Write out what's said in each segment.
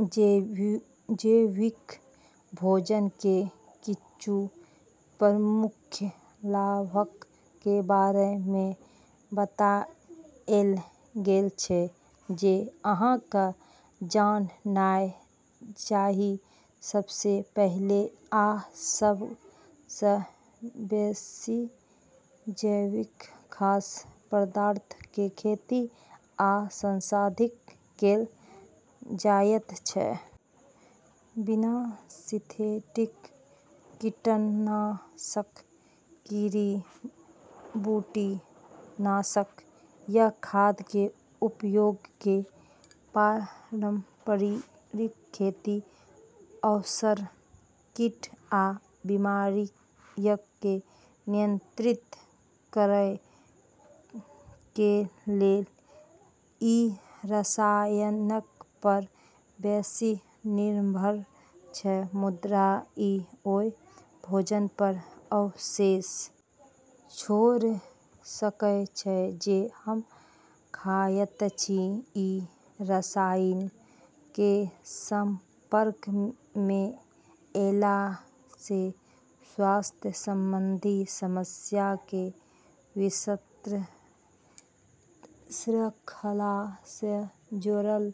जैविक भोजन कें किच्छू प्रमुख लाभक कें बारे मे बताएल गेल छै जे अहां कें जाननाय चाही, सबसे पहिले आ सब सं बेसि जैविक खाद्य पदार्थक कें खेती आ संसाधित कैल जायत छै, बिना सिंथेटिक कीटनाशक, जड़ी-बूटी नाशक या खाद कें उपयोग कें पारंपरिक खेती अक्सर कीट आ बीमारियक कें नियंत्रित करय कें लेल अइ रसायनक पर बेसि निर्भर छै मुदा इ ओय भोजन पर अवशेष छोड़ सकय छै जे हम खायत छी, ई रसायनऽ के संपर्क मे ऐला से स्वास्थ्य संबंधी समस्या के विस्तृत श्रृंखला से जोड़लऽ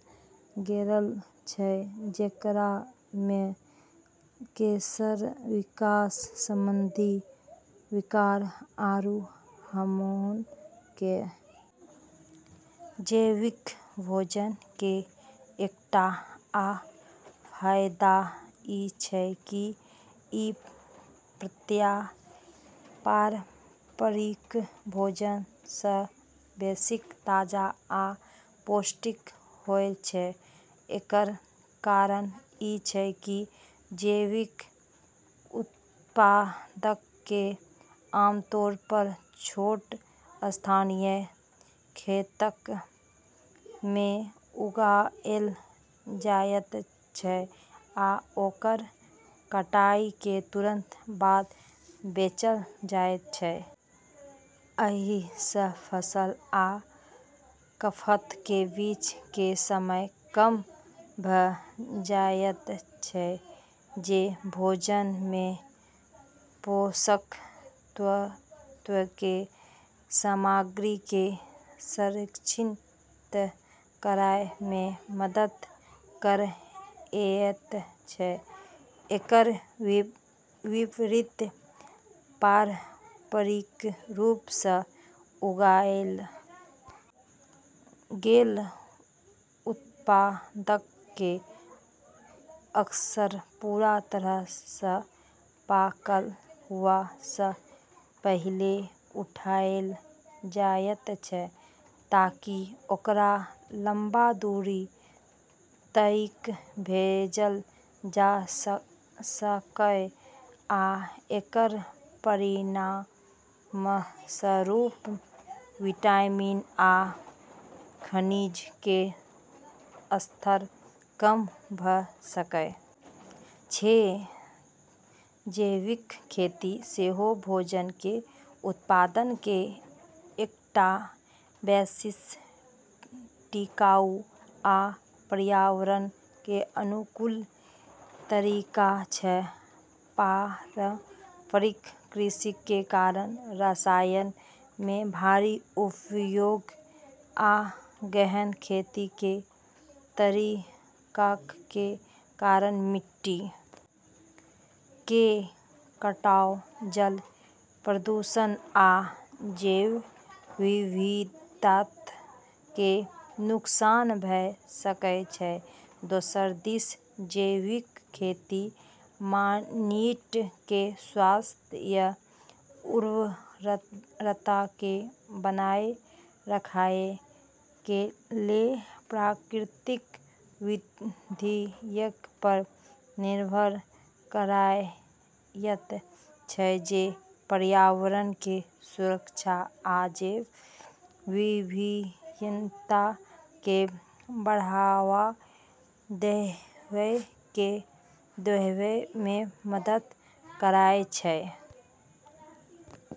गेलऽ छै जेकरा मे कैंसर, विकास संबंधी विकार, आरू हार्मोन के जैविक भोजन कें एकटा आ फायदा इ छै की इ प्रायः पारंपरिक भोजन सं बेसि ताजा आ पौष्टिक होयत छै, एकर कारण इ छै की जैविक उत्पादक कें आमतौर पर छोट, स्थानीय खेतक मे उगाएल जायत छै आ ओकर कटाई कें तुरंत बाद बेचल जायत छै. अइ सं फसल आ खपत कें बीच कें समय कम भ जायत छै जे भोजन मे पोषक तत्वक कें सामग्री कें संरक्षित करय मे मदद करएयत छै, एकर विपरीत पारंपरिक रूप सं उगाएल गेल उत्पादक कें अक्सर पूरा तरह सं पाकल हुअ सं पहिले उठाएल जायत छै, ताकि ओकरा लंबा दूरी तइक भेजल जा सकय आ एकर परिणामस्वरूप विटामिन आ खनिज कें स्तर कम भ सकय छै, जैविक खेती सेहो भोजन कें उत्पादन कें एकटा बेसि टिकाऊ आ पर्यावरण कें अनुकूल तरीका छै, पारंपरिक कृषि कें कारण रसायन कें भारी उपयोग आ गहन खेती कें तरीकाक कें कारण मिट्टी कें कटाव, जल प्रदूषण आ जैव विविधता कें नुकसान भ सकय छै, दोसर दिस जैविक खेती माइट कें स्वास्थ्य आ उर्वरता कें बनाए रखएय कें लेल प्राकृतिक विधियक पर निर्भर करएयत छै जे पर्यावरण कें सुरक्षा आ जैव विविधता कें बढ़ावा देवय मे मदद करएयत छै।